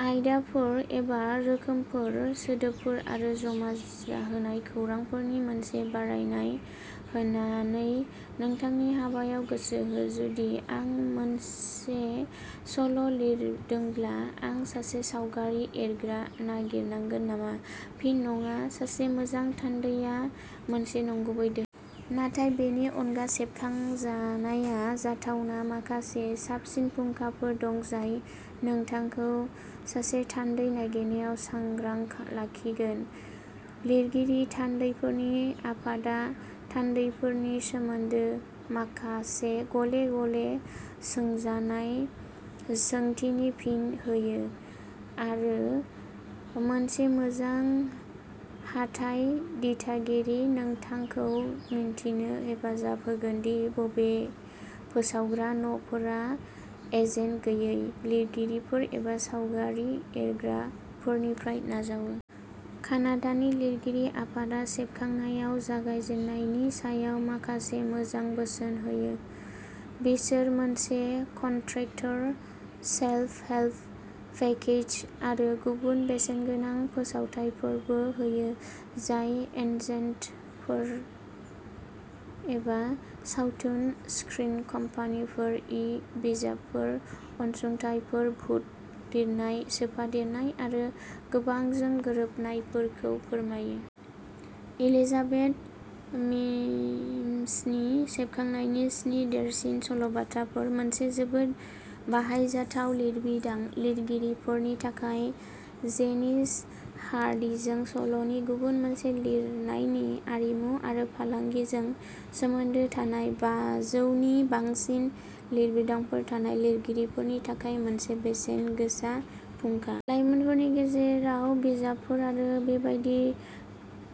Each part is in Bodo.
आयदाफोर एबा रोखोमफोर सोदोबफोर आरो जमा होनाय खौरांफोरनि मोनसे बरनायनाय होनानै नोंथांनि हाबायाव गोसो हो। जुदि आं मोनसे सल' लिरदोंब्ला आं सासे सावगारि एरग्रा नागिरनांगोन नामा? फिन नङा। सासे मोजां थान्दैआ मोनसे नंगुबै धोन। नाथाय बेनि अनगा सेबखांनाया जाथावना। माखासे साबसिन फुंखाफोर दं जाय नोंथांखौ सासे थान्दै नागिरनायाव सांग्रां लाखिगोन। लिरगिरि थान्दैफोरनि आफादा थान्दैफोरनि सोमोन्दै माखासे गले-गले सोंजानाय सोंथिनि फिन होयो। आरो मोनसे मोजां हाथाइ दिथागिरिया नोंथांखौ मिथिनो हेफाजाब होगोन दि बबे फोसावग्रा न'फोरा एजेन्ट गैयै लिरगिरिफोर एबा सावगारि एरग्राफोरनिफ्राय नाजावो। कानाडानि लिरगिरि आफादआ सेबखांनायाव जागायजेननायनि सायाव माखासे मोजां बोसोन होयो। बिसोर मोनसे कन्ट्रेक्टस सेल्फ हेल्प पेकेज आरो गुबुन बेसेनगोनां फोसावथायफोरबो होयो जाय एजेन्टफोर एबा सावथुन स्क्रिन कम्पानिफोर इ-बिजाबफोर अनसुंथाइफोर भुत लिरनाय सोफादेरनाय आरो गोबांजों गोरोबनायफोरखौ फोरमायो। एलिजाबेथ सिम्सनि सेबखांनायनि स्नि देरसिन सल'बाथाफोर। मोनसे जोबोद बाहायजाथाव लिरबिदां। लिरगिरिफोरनि थाखाय। जेनिस हारडिजों सल'नि गुबुन फारसे लिरनायनि आरिमु आरो फालांगिजों सोमोन्दो थानाय बाजौ नि बांसिन लिरबिदांफोर थानाय लिरगिरिफोरनि थाखाय मोनसे बेसेनगोसा फुंखा। लाइनफोरनि गेजेराव बिजाबफोर आरो बेबादि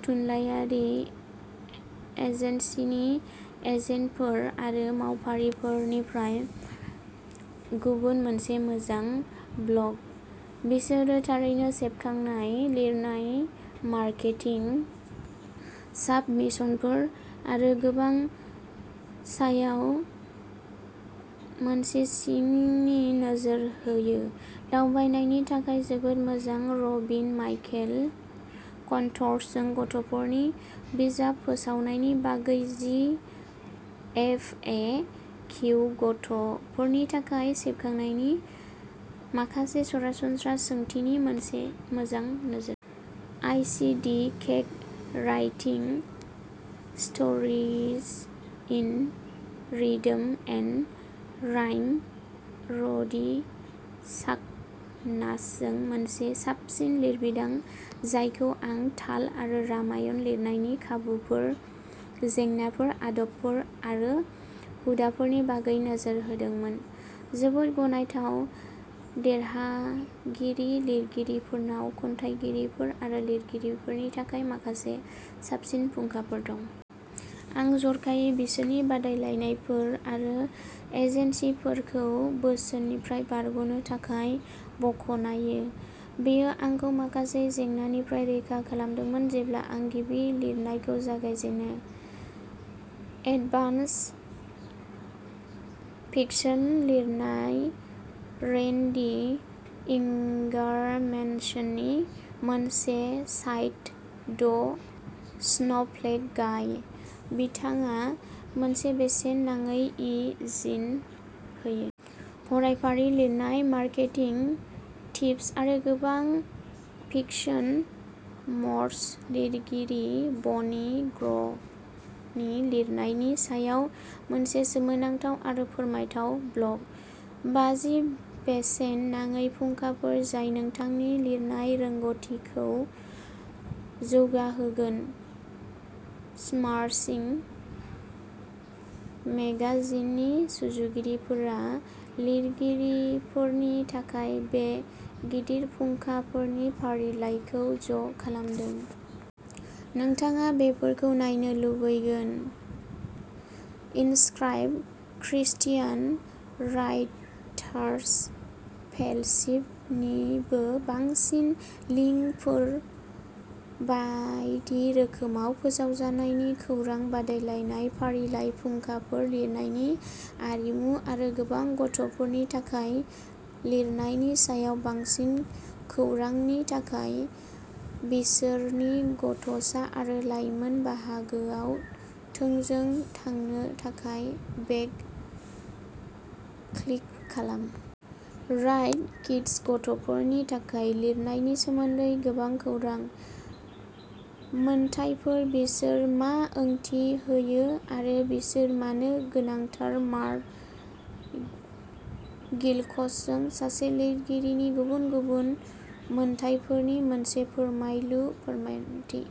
थुनलायारि एजेन्सिनि एजेन्टफोर आरो मावफारियाफोरनिफ्राय गुबुन मोनसे मोजां ब्लग। बिसोरो थारैनो सेबखांनाय, लिरनाय, मार्केटिं, साबमिशनफोर आरो गोबांनि सायाव मोनसे सिंनि नोजोर होयो। दावबायनायनि थाखाय जोबोद मोजां रबिन माइकेल क'न्ट्जजों गथ'फोरनि बिजाब फोसावनायनि बागै जि एफ ए किउ गथ'फोरनि थाखाय सेबखांनायनि माखासे सरासनस्रा सोंथिनि मोनसे मोजां नोजोर। Icing the cake writing stories in rhythm and rhyme ड'रि चाक'नासजों मोनसे साबसिन लिरबिदां जायखौ आं ताल आरो रायमाव लिरनायनि खाबुफोर, जेंनाफोर, आदबफोर आरो हुदाफोरनि बागै नोजोर होदोंमोन। जोबोद गनायथाव देरहागिरि लिरगिरिफोरनाव खन्थाइगिरिफोर आरो लिरगिरिफोरनि थाखाय माखासे साबसिन फुंखाफोर दं। आं जर'खायै बिसोरनि बादायलायनायफोर आरो एजेन्सिफोरखौ बोसोननिफ्राय बारग'नो थाखाय बाखनायो। बेयो आंखौ माखासे जेंनानिफ्राय रैखा खालामदोंमोन जेब्ला आं गिबि लिरनायखौ जागायजेनो। एडभान्स फिकशन लिरनाय रेन्डी इंगारमेनसननि मोनसे साइट द स्नोफ्लेक गाइ। बिथाङा मोनसे बेसेन नाङै इ जिन होयो। फरायफारि लिरनाय मार्केटिं टिप्स आरो गोबां फिकशन मेटर्स लिरगिरि बनी ग्रवनि लिरनायनि सायाव मोनसे सोमोनांथाव आरो फोरमायथाव ब्लग। बाजि बेसेन नाङै फुंखाफोर जाय नोंथांनि लिरनाय रोंग'थिखौ जौगाहोगोन स्माशिं मेगाजिननि सुजुगिरिफोरा लिरगिरिफोरनि थाखाय बे गिदिर फुंखाफोरनि फारिलाइखौ ज' खालामदों। नोंथाङा बेफोरखौ नायनो लुबैगोन। इनस्क्राइब क्रिस्टियान राइटार्स फेल'शिप निबो बांसिन लिंकफोर बायदि रोखोमाव फोसावजानायनि खौरां, बादायलायनाय फारिलाइ, फुंखाफोर, लिरनायनि आरिमु आरो गोबां गथ'फोरनि थाखाय लिरनायनि सायाव बांसिन खौरांनि थाखाय बिसोरनि गथ'सा आरो लाइमोन बाहागोआव थोंजों थांनो थाखाय बेयाव क्लिक खालाम। राइट किड्स गथ'फोरनि थाखाय लिरनायनि सोमोन्दै गोबां खौरां। मोनथायफोर बिसोर मा ओंथि होयो आरो बिसोर मानो गोनांथार मार्ग गिल्कसजों सासे लिरगिरिनि गुबुन गुबुन मोन्थाइफोरनि मोनसे फोरमायलु फोरमायथि।